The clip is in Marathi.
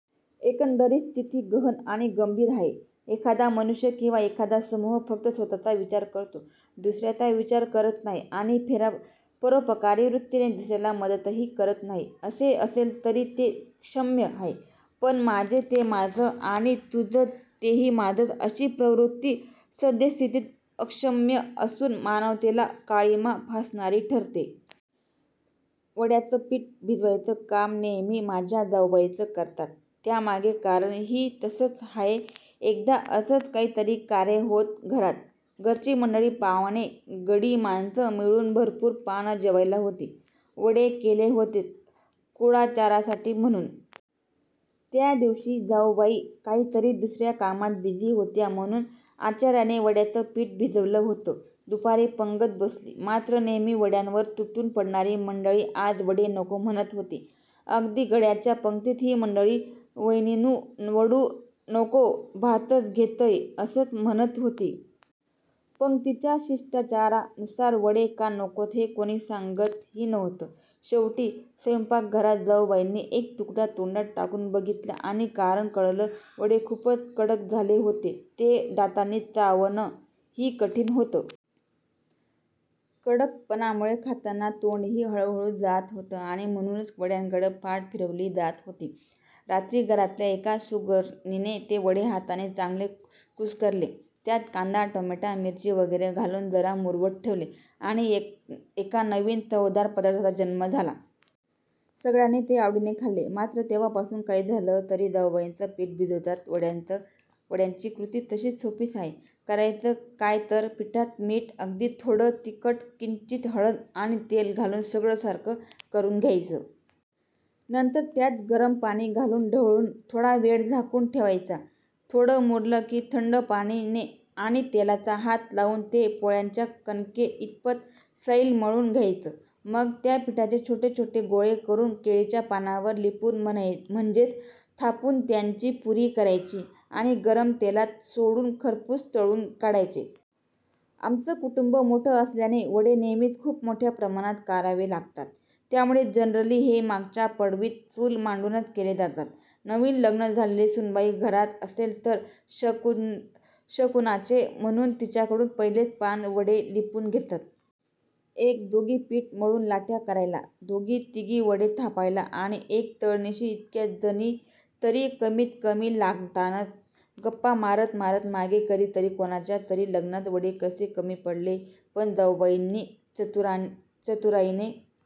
एकंदरीत स्थिती गहन आणि गंभीर आहे. एखादा मनुष्य किंवा एखादा समूह फक्त स्वतःचा विचार करतो, दुसऱ्याचा विचार करत नाही आणि परोपकारी वृत्तीने दुसऱ्याला मदतही करत नाही, असे असेल तरी ते क्षम्य आहे; पण "माझं ते माझं आणि तुझं तेही माझंच" अशी प्रवृत्ती सद्यस्थितीत अक्षम्य असून मानवतेला काळिमा फासणारी ठरते. वड्याचं पीठ भिजवायचं काम नेहमी माझ्या जाऊबाईच करतात. त्यामागे कारण ही तसंच आहे. एकदा असंच काहीतरी कार्य होतं घरात. घरची मंडळी, पाव्हणे, गडी माणसं मिळून भरपूर पानं जेवायला होती. वडे केले होतेच कुळाचारासाठी म्हणून. त्या दिवशी जाऊबाई काहीतरी दुसऱ्या कामात बिझी होत्या म्हणून आचाऱ्याने वड्याचं पीठ भिजवलं होतं. दुपारी पंगत बसली. मात्र नेहमी वड्यांवर तुटून पडणारी मंडळी आज वडे नको म्हणत होती. अगदी गड्यांच्या पंगतीत ही मंडळी " वैनीनू, वडो नको, भातचं घेतंय " असंच म्हणत होती. पंगतीच्या शिष्टाचारा नुसार वडे का नकोत हे कोणी सांगत ही नव्हतं. शेवटी सैपाकघरात जाऊबाईंनी एक तुकडा तोंडात टाकून बघितला आणि कारण कळलं. वडे खूपच कडक झाले होते. ते दातांनी चावण ही कठीण होत. कडकपणामुळे खाताना तोंड ही हुळहुळलं जात होतं आणि म्हणूनच वड्यांकडे पाठ फिरवली जात होती. रात्री घरातल्या एका सुगरणीने ते वडे हाताने चांगले कुस्करले. त्यात कांदा टोमॅटो मिरची वैगेरे घालून जरा मुरवत ठेवले आणि एका नवीन चवदार पदार्थाचा जन्म झाला. सगळ्यांनी ते आवडीने खाल्ले. मात्र तेव्हापासून काही झालं तरी जाऊबाईच पीठ भिजवतात वड्याचं. वड्याची कृती तशी सोपीच आहे. करायचं काय तर पिठात मीठ, अगदी थोडं तिखट, किंचित हळद आणि तेल घालून सगळं सारखं करून घ्यायचं. नंतर त्यात गरम पाणी घालून ढवळून थोडा वेळ झाकून ठेवायचं. थोडं मुरलं की थंड पाणी आणि तेलाचा हात लावून ते पोळ्यांच्या कणके इतपत सैल मळून घ्यायचं. मग त्या पिठाचे छोटे छोटे गोळे करून केळीच्या पानावर लिपुन म्हणजेच थापून त्याची पुरी करायची आणि गरम तेलात सोडून खरपूस तळून काढायचे. आमचं कुटुंब मोठं असल्याने वडे नेहमीच खूप मोठया प्रमाणात करावे लागतात. त्यामुळे जनरली हे मागच्या पडवीत चूल मांडूनच केले जातात. नवीन लग्न झालेली सुनबाई घरात असेल तर शकुनाचे म्हणून तिच्याकडून पहिले पाच वडे लिपुन घेतात. एक दोघी पीठ मळून लाट्या करायला, दोघी तिघी वडे थापायला आणि एक तळणीशी इतक्या जणी तरी कमीत कमी लागतातच. गप्पा मारत मारत मागे कधीतरी कोणाच्या तरी लग्नात वडे कसे कमी पडले पण जाऊबाईंनी चतुराईने